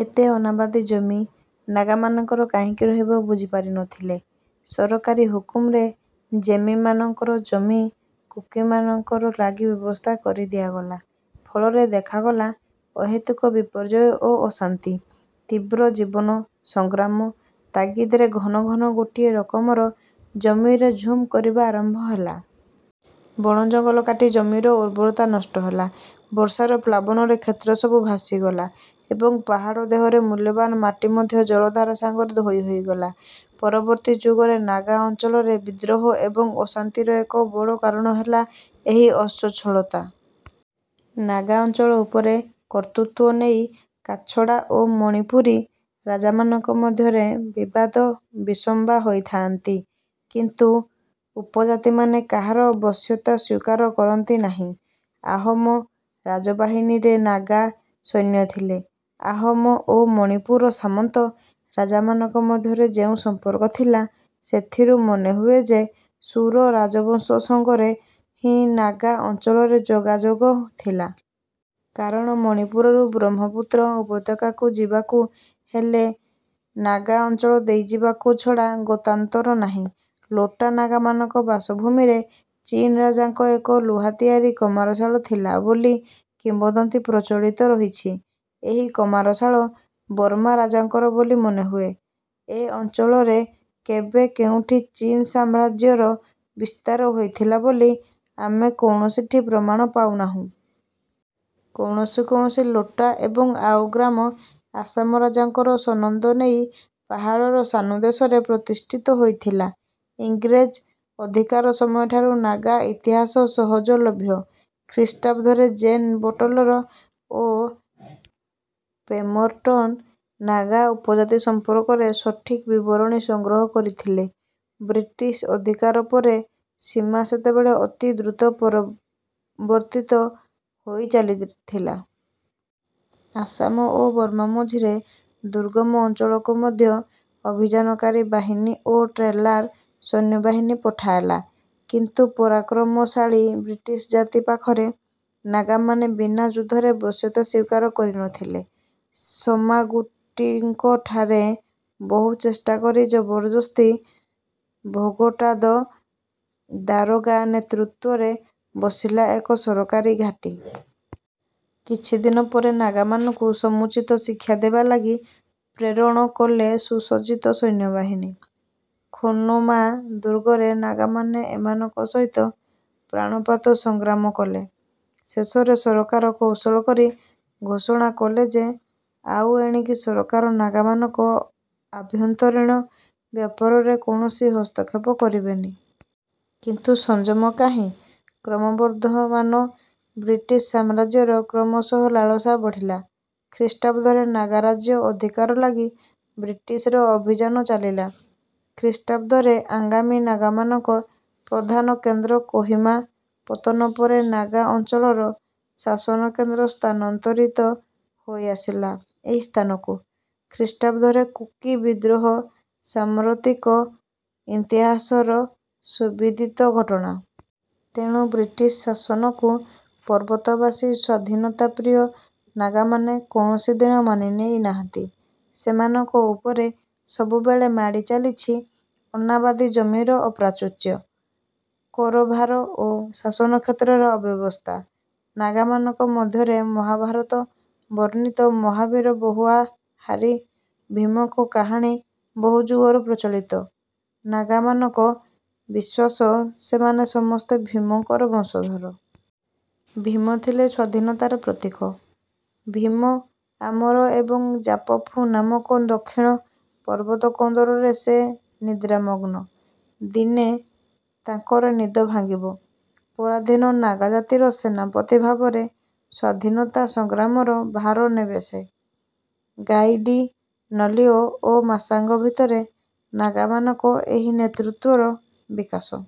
ଏତେ ଅନାବାଦି ଜମି ନାଗାମାନଙ୍କର କାହିଁକି ରହିବ ବୁଝିପାରି ନଥିଲେ। ସରକାରୀ ହୁକୁମରେ ଜେମି ମାନଙ୍କର ଜମି କୁକିମାନଙ୍କର ଲାଗି ବ୍ୟବସ୍ଥା କରିଦିଆଗଲା। ଫଳରେ ଦେଖାଗଲା ଅହେତୁକ ବିପର୍ଯ୍ୟୟ ଓ ଅଶାନ୍ତି। ତୀବ୍ର ଜୀବନ ସଂଗ୍ରାମ ତାଗିଦରେ ଘନ ଘନ ଗୋଟିଏ ରକମର ଜମିରେ ଝୁମ କରିବା ଆରମ୍ଭ ହେଲା। ବଣଜଙ୍ଗଲ କାଟି ଜମିର ଉର୍ବରତା ନଷ୍ଟ ହେଲା। ବର୍ଷାର ପ୍ଲାବନରେ କ୍ଷେତ୍ରସବୁ ଭାସିଗଲା ଏବଂ ପାହାଡ଼ ଦେହରେ ମୂଲ୍ୟବାନ ମାଟି ମଧ୍ୟ ଜଳଧାରା ସାଙ୍ଗରେ ଧୋଇ ହୋଇଗଲା। ପରବର୍ତ୍ତୀ ଯୁଗରେ ନାଗା ଅଞ୍ଚଳରେ ବିଦ୍ରୋହ ଏବଂ ଅଶାନ୍ତିର ଏକ ବଡ଼ କାରଣ ହେଲା ଏହି ଅସ୍ୱଚ୍ଛଳତା। ନାଗା ଅଞ୍ଚଳ ଉପରେ କର୍ତ୍ତୃତ୍ୱ ନେଇ କାଛଡ଼ା ଓ ମଣିପୁରୀ ରାଜାମାନଙ୍କ ମଧ୍ୟରେ ବିବାଦ ବିସମ୍ବା ହୋଇଥାଆନ୍ତି। କିନ୍ତୁ ଉପଜାତିମାନେ କାହାର ବଶ୍ୟତା ସ୍ୱୀକାର କରନ୍ତି ନାହିଁ। ଆହମ ରାଜବାହିନୀରେ ନାଗା ସୈନ୍ୟ ଥିଲେ। ଆହମ ଓ ମଣିପୁର ସାମନ୍ତ ରାଜାମାନଙ୍କ ମଧ୍ୟରେ ଯେଉଁ ସମ୍ପର୍କ ଥିଲା, ସେଥିରୁ ମନେହୁଏ ଯେ ସୁର ରାଜବଂଶ ସଙ୍ଗରେ ହିଁ ନାଗା ଅଞ୍ଚଳରେ ଯୋଗାଯୋଗ ଥିଲା। କାରଣ ମଣିପୁରରୁ ବ୍ରହ୍ମପୁତ୍ର ଉପତ୍ୟକାକୁ ଯିବାକୁ ହେଲେ ନାଗା ଅଞ୍ଚଳ ଦେଇଯିବାକୁ ଛଡ଼ା ଗତାନ୍ତର ନାହିଁ। ଲୋଟା ନାଗାମାନଙ୍କ ବାସଭୂମିରେ ଚୀନ ରାଜାଙ୍କ ଏକ ଲୁହା ତିଆରି କମାରଶାଳ ଥିଲା ବୋଲି କିମ୍ବଦନ୍ତୀ ପ୍ରଚଳିତ ରହିଛି। ଏହି କମାରଶାଳ ବର୍ମା ରାଜାଙ୍କର ବୋଲି ମନେହୁଏ। ଏ ଅଞ୍ଚଳରେ କେବେ କେଉଁଠି ଚୀନ ସାମ୍ରାଜ୍ୟର ବିସ୍ତାର ହୋଇଥିଲା ବୋଲି ଆମେ କୌଣସିଠି ପ୍ରମାଣ ପାଉନାହୁଁ। କୌଣସି କୌଣସି ଲୋଟା ଏବଂ ଆଓ ଗ୍ରାମ ଆସାମ ରାଜାଙ୍କର ସନନ୍ଦ ନେଇ ପାହାଡ଼ର ସାନୁଦେଶରେ ପ୍ରତିଷ୍ଠିତ ହୋଇଥିଲା। ଇଂରେଜ ଅଧିକାର ସମୟଠାରୁ ନାଗା ଇତିହାସ ସହଜଲଭ୍ୟ। ଖ୍ରୀଷ୍ଟାବ୍ଦରେ ଜେନ୍‍ ବଟଲର ଓ ପେମ୍ବରଟନ୍ ନାଗା ଉପଜାତି ସମ୍ପର୍କରେ ସଠିକ ବିବରଣୀ ସଂଗ୍ରହ କରିଥିଲେ। ବ୍ରିଟିଶ ଅଧିକାର ପରେ ସୀମା ସେତେବେଳେ ଅତି ଦ୍ରୁତ ପରବର୍ତ୍ତିତ ହୋଇଚାଲିଥିଲା। ଆସାମ ଓ ବର୍ମା ମଝିରେ ଦୁର୍ଗମ ଅଞ୍ଚଳକୁ ମଧ୍ୟ ଅଭିଯାନକାରୀ ବାହିନୀ ଓ ଟ୍ରେଲ୍ଦାର ସୈନ୍ୟବାହିନୀ ପଠାହେଲା; କିନ୍ତୁ ପରାକ୍ରମଶାଳୀ ବ୍ରିଟିଶ ଜାତି ପାଖରେ ନାଗାମାନେ ବିନା ଯୁଦ୍ଧରେ ବଶ୍ୟତା ସ୍ୱୀକାର କରିନଥିଲେ। ସମାଗୁଟିଙ୍କଠାରେ ବହୁ ଚେଷ୍ଟା କରି ଜବରଦସ୍ତି ଭୋଗଟାଦ ଦାରୋଗା ନେତୃତ୍ୱରେ ବସିଲା ଏକ ସରକାରୀ ଘାଟୀ। କିଛିଦିନ ପରେ ନାଗାମାନଙ୍କୁ ସମୁଚିତ ଶିକ୍ଷା ଦେବା ଲାଗି ପ୍ରେରଣ କଲେ ସୁସଜ୍ଜିତ ସୈନ୍ୟବାହିନୀ। ଖୋନୋମା ଦୁର୍ଗରେ ନାଗାମାନେ ଏମାନଙ୍କ ସହିତ ପ୍ରାଣପାତ ସଂଗ୍ରାମ କଲେ। ଶେଷରେ ସରକାର କୌଶଳ କରି ଘୋଷଣା କଲେ ଯେ ଆଉ ଏଣିକି ସରକାର ନାଗାମାନଙ୍କ ଆଭ୍ୟନ୍ତରୀଣ ବ୍ୟାପାରରେ କୌଣସି ହସ୍ତକ୍ଷେପ କରିବେନି। କିନ୍ତୁ ସଂଯମ କାହିଁ? କ୍ରମବର୍ଦ୍ଧମାନ ବ୍ରିଟିଶ ସାମ୍ରାଜ୍ୟର କ୍ରମଶଃ ଲାଳସା ବଢ଼ିଲା। ଖ୍ରୀଷ୍ଟାବ୍ଦରେ ନାଗାରାଜ୍ୟ ଅଧିକାର ଲାଗି ବ୍ରିଟିଶର ଅଭିଯାନ ଚାଲିଲା। ଖ୍ରୀଷ୍ଟାବ୍ଦରେ ଆଙ୍ଗାମି ନାଗାମାନଙ୍କ ପ୍ରଧାନ କେନ୍ଦ୍ର କୋହିମା ପତନ ପରେ ନାଗା ଅଞ୍ଚଳର ଶାସନକେନ୍ଦ୍ର ସ୍ଥାନାନ୍ତରିତ ହୋଇଆସିଲା ଏହି ସ୍ଥାନକୁ। ଖ୍ରୀଷ୍ଟାବ୍ଦରେ କୁକି ବିଦ୍ରୋହ ସାମ୍ପ୍ରତିକ ଇନ୍ତିହାସର ସୁବିଦିତ ଘଟଣା। ତେଣୁ ବ୍ରିଟିଶ ଶାସନକୁ ପର୍ବତବାସୀ ସ୍ୱାଧୀନତାପ୍ରିୟ ନାଗାମାନେ କୌଣସିଦିନ ମାନି ନେଇ ନାହାନ୍ତି। ସେମାନଙ୍କ ଉପରେ ସବୁବେଳେ ମାଡ଼ି ଚାଲିଛି ଅନାବାଦି ଜମିର ଅପ୍ରାଚୁର୍ଯ୍ୟ, କରଭାର ଓ ଶାସନକ୍ଷେତ୍ରରେ ଅବ୍ୟବସ୍ଥା। ନାଗାମାନଙ୍କ ମଧ୍ୟରେ ମହାଭାରତ ବର୍ଣ୍ଣିତ ମହାବୀର ବହୁଆହାରୀ ଭୀମଙ୍କ କାହାଣୀ ବହୁଯୁଗରୁ ପ୍ରଚଳିତ। ନାଗାମାନଙ୍କ ବିଶ୍ୱାସ—ସେମାନେ ସମସ୍ତେ ଭୀମଙ୍କର ବଂଶଧର। ଭୀମ ଥିଲେ ସ୍ୱାଧୀନତାର ପ୍ରତୀକ। ଭୀମ ଆମର ଏବଂ ଜାପଫୁ ନାମକ ଦକ୍ଷିଣ ପର୍ବତକନ୍ଦରରେ ସେ ନିଦ୍ରାମଗ୍ନ। ଦିନେ ତାଙ୍କର ନିଦ ଭାଙ୍ଗିବ, ପରାଧୀନ ନାଗାଜାତିର ସେନାପତି ଭାବରେ ସ୍ୱାଧୀନତା ସଂଗ୍ରାମର ଭାର ନେବେ ସେ। ଗାଇଡିନଲିଉ ଓ ମାଶାଙ୍ଗ ଭିତରେ ନାଗାମାନଙ୍କ ଏହି ନେତୃତ୍ୱର ବିକାଶ।